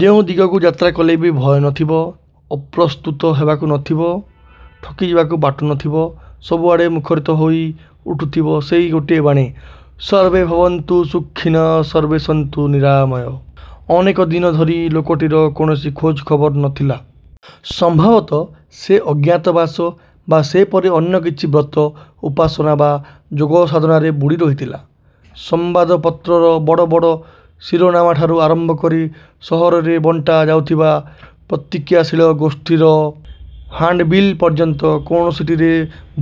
ଯେଉଁ ଦିଗକୁ ଯାତ୍ରା କଲେବି ଭୟ ନଥିବ। ଅପ୍ରସ୍ତୁତ ହବାକୁ ନଥିବ। ଠକିଯିବାକୁ ବାଟ ନଥିବ, ସବୁଆଡ଼େ ମୁଖରିତ ହୋଇ ଉଠୁଥିବ ସେଇ ଗୋଟିଏ ବାଣୀ ''ସର୍ବେ ଭବନ୍ତୁ ସୁଖୀନଃ, ସର୍ବେସନ୍ତୁ ନିରାମୟଃ। '' ଅନେକ ଦିନ ଧରି ଲୋକଟିର କୌଣସି ଖୋଜ ଖବର ନ ଥିଲା। ସମ୍ଭବତଃ ସେ ଅଜ୍ଞାତବାସ ବା ସେପରି ଅନ୍ୟ କିଛି ବ୍ରତ ଉପାସନା ବା ଯୋଗ ସାଧନାରେ ବୁଡ଼ି ରହିଥିଲା। ସମ୍ବାଦପତ୍ରର ବଡ଼ ବଡ଼ ଶୀରୋନାମାଠାରୁ ଆରମ୍ଭ କରି ସହରରେ ବଣ୍ଟା ଯାଉଥିବା ପ୍ରତିକ୍ରିୟାଶୀଳ ଗୋଷ୍ଠୀର 'ହାଣ୍ତବିଲ୍' ପର୍ଯ୍ୟନ୍ତ କୌଣସିଟିରେ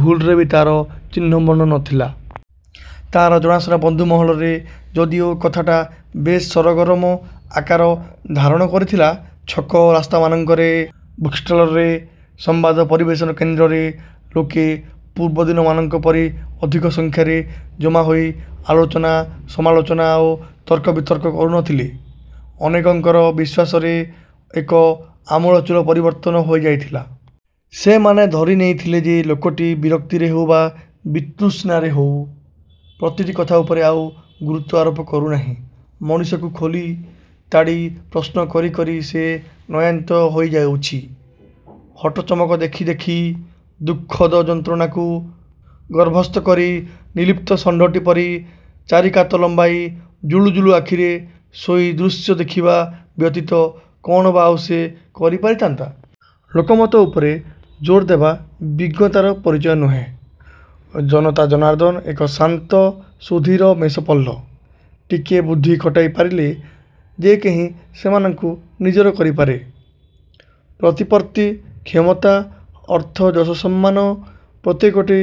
ଭୁଲରେ ବି ତା'ର ଚିହ୍ନ-ବର୍ଣ୍ଣ ନଥିଲା। ତା'ର ଜଣାଶୁଣା ବନ୍ଧୁ ମହଲରେ ଯଦିଓ କଥାଟା ବେଶ୍ ସରଗରମ ଆକାର ଧାରଣ କରିଥିଲା; ଛକ ରାସ୍ତାମାନଙ୍କରେ, ବୁକ୍ଷ୍ଟଲରେ, ସମ୍ବାଦ ପରିବେଷଣ କେନ୍ଦ୍ରରେ ଲୋକେ ପୂର୍ବଦିନମାନଙ୍କ ପରି ଅଧିକ ସଂଖ୍ୟାରେ ଜମାହୋଇ ଆଲୋଚନା, ସମାଲୋଚନା ଓ ତର୍କବିତର୍କ କରୁନଥିଲେ। ଅନେକଙ୍କର ବିଶ୍ୱାସରେ ଏକ ଆମୂଳଚୂଳ ପରିବର୍ତ୍ତନ ହୋଇଯାଇଥିଲା। ସେମାନେ ଧରି ନେଇଥିଲେ ଯେ ଲୋକଟି ବିରକ୍ତିରେ ହେଉ ବା ବିତୃଷ୍ଣାରେ ହେଉ ପ୍ରତିଟି କଥା ଉପରେ ଆଉ ଗୁରୁତ୍ୱ ଆରୋପ କରୁନାହିଁ। ମଣିଷକୁ ଖୋଳି ତାଡ଼ି ପ୍ରଶ୍ନ କରି କରି ସେ ନୟାନ୍ତ ହୋଇଯାଉଛି। ହଟଚମକ ଦେଖି ଦେଖି, ଦୁଃଖଦ ଯନ୍ତ୍ରଣାକୁ ଗର୍ଭସ୍ଥକରି, ନିର୍ଲିପ୍ତ ଷଣ୍ଢଟି ପରି ଚାରିକାତ ଲମ୍ବାଇ ଜୁଳୁଜୁଳୁ ଆଖିରେ ଶୋଇ ଦୃଶ୍ୟ ଦେଖିବା ବ୍ୟତୀତ କ'ଣ ବା' ଆଉ ସେ କରିପାରିଥାନ୍ତା। ଲୋକମତ ଉପରେ ଜୋରଦେବା ବିଜ୍ଞତାର ପରିଚୟ ନୁହେଁ। ଜନତା ଜନାର୍ଦ୍ଦନ ଏକ ଶାନ୍ତ ସୁଧୀର ମେଷପଲ୍ଲ। ଟିକିଏ ବୁଦ୍ଧି ଖଟାଇ ପାରିଲେ ଯେ କେହି ସେମାନଙ୍କୁ ନିଜର କରିପାରେ। ପ୍ରତିପତ୍ତି, କ୍ଷମତା, ଅର୍ଥ ଯଶସମ୍ମାନ-ପ୍ରତ୍ୟେକଟି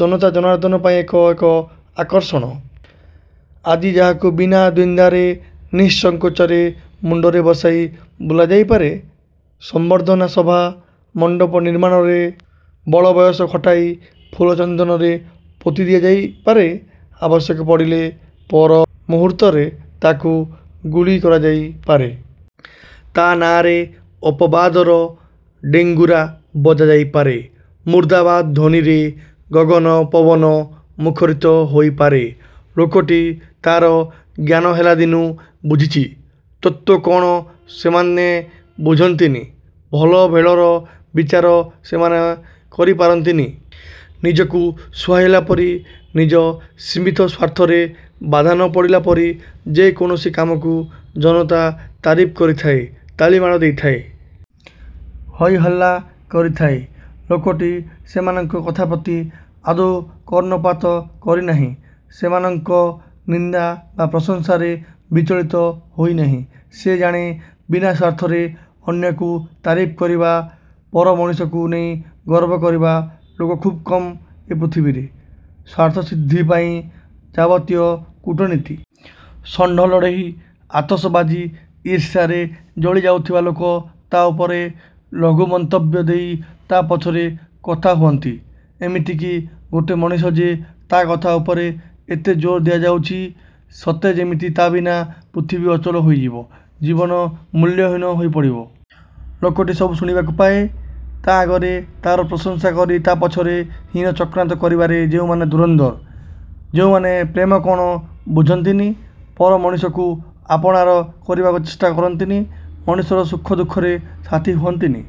ଜନତା ଜନାର୍ଦ୍ଦନ ପାଇଁ ଏକ ଏକ ଆକର୍ଷଣ। ଆଜି ଯାହାକୁ ବିନା ଦ୍ୱିଧାରେ ନିସଂକୋଚରେ ମୁଣ୍ଡରେ ବସାଇ ବୁଲାଯାଇପାରେ, ସମ୍ବର୍ଦ୍ଧନା ସଭା, ମଣ୍ତପ ନିର୍ମାଣରେ ବଳବୟସ ଖଟାଇ ଫୁଲଚନ୍ଦନରେ ପୋତି ଦିଆଯାଇ ପାରେ, ଆବଶ୍ୟକ ପଡ଼ିଲେ ପର ମୁହୂର୍ତ୍ତରେ ତାକୁ ଗୁଳି କରାଯାଇ ପାରେ। ତା' ନାଆଁରେ ଅପବାଦର ଡେଙ୍ଗୁରା ବଜାଯାଇ ପାରେ। ମୁର୍ଦାବାଦ ଧ୍ୱନିରେ ଗଗନ ପବନ ମୁଖରିତ ହୋଇପାରେ। ଲୋକଟି ତା'ର ଜ୍ଞାନହେଲା ଦିନୁ ବୁଝିଛି, 'ତତ୍ତ୍ୱ' କ'ଣ ସେମାନେ ବୁଝନ୍ତିନି। ଭଲ ଭେଳର ବିଚାର ସେମାନେ କରି ପାରିନ୍ତିନି। ନିଜକୁ ସୁହାଇଲା ପରି, ନିଜ ସୀମିତ ସ୍ୱାର୍ଥରେ ବାଧା ନପଡ଼ିଲା ପରି ଯେ କୌଣସି କାମକୁ ଜନତା ତାରିଫ କରିଥାଏ ତାଳିମାଡ଼ ଦେଇଥାଏ। ହଇହଲ୍ଲା କରିଥାଏ। ଲୋକଟି ସେମାନଙ୍କ କଥାପ୍ରତି ଆଦୌ କର୍ଣ୍ଣପାତ କରିନାହିଁ। ସେମାନଙ୍କ ନିନ୍ଦା ବା ପ୍ରଶଂସାରେ ବିଚଳିତ ହୋଇ ନାହିଁ। ସେ ଜାଣେ, ବିନା ସ୍ୱାର୍ଥରେ ଅନ୍ୟକୁ ତାରିଫ କରିବା, ପରମଣିଷକୁ ନେଇ ଗର୍ବ କରିବା ଲୋକ ଖୁବ୍ କମ୍ ଏ ପୃଥିବୀରେ। ସ୍ୱାର୍ଥସିଦ୍ଧି ପାଇଁ ଯାବତୀୟ କୂଟନୀତି। ଷଣ୍ଢ ଲଢ଼େଇ। ଆତସବାଜି। ଈର୍ଷାରେ ଜଳିଯାଉଥିବା ଲୋକେ ତା' ଉପରେ ଲଘୁ ମନ୍ତବ୍ୟ ଦେଇ ତା' ପଛରେ କଥାହୁଅନ୍ତି। ''ଏମିତି କି ଗୋଟେ ମଣିଷ ଯେ! ତା' କଥା ଉପରେ ଏତେ ଜୋର୍ ଦିଆଯାଉଛି। ସତେ ଯେମିତି ତା' ବିନା ପୃଥିବୀ ଅଚଳ ହୋଇଯିବ। ଜୀବନ ମୂଲ୍ୟହୀନ ହୋଇପଡ଼ିବ। '' ଲୋକଟି ସବୁ ଶୁଣିବାକୁ ପାଏ। ତା' ଆଗରେ ତା'ର ପ୍ରଶଂସା କରି ତା' ପଛରେ ହୀନଚକ୍ରାନ୍ତ କରିବାରେ ଯେଉଁମାନେ ଧୁରନ୍ଧର-ଯେଉଁମାନେ ପ୍ରେମ କ'ଣ ବୁଝନ୍ତିନି; ପର ମଣିଷକୁ ଆପଣାର କରିବାର ଚେଷ୍ଟା କରନ୍ତିନି; ମଣିଷର ସୁଖ ଦୁଃଖରେ ସାଥୀ ହୁଅନ୍ତିନି,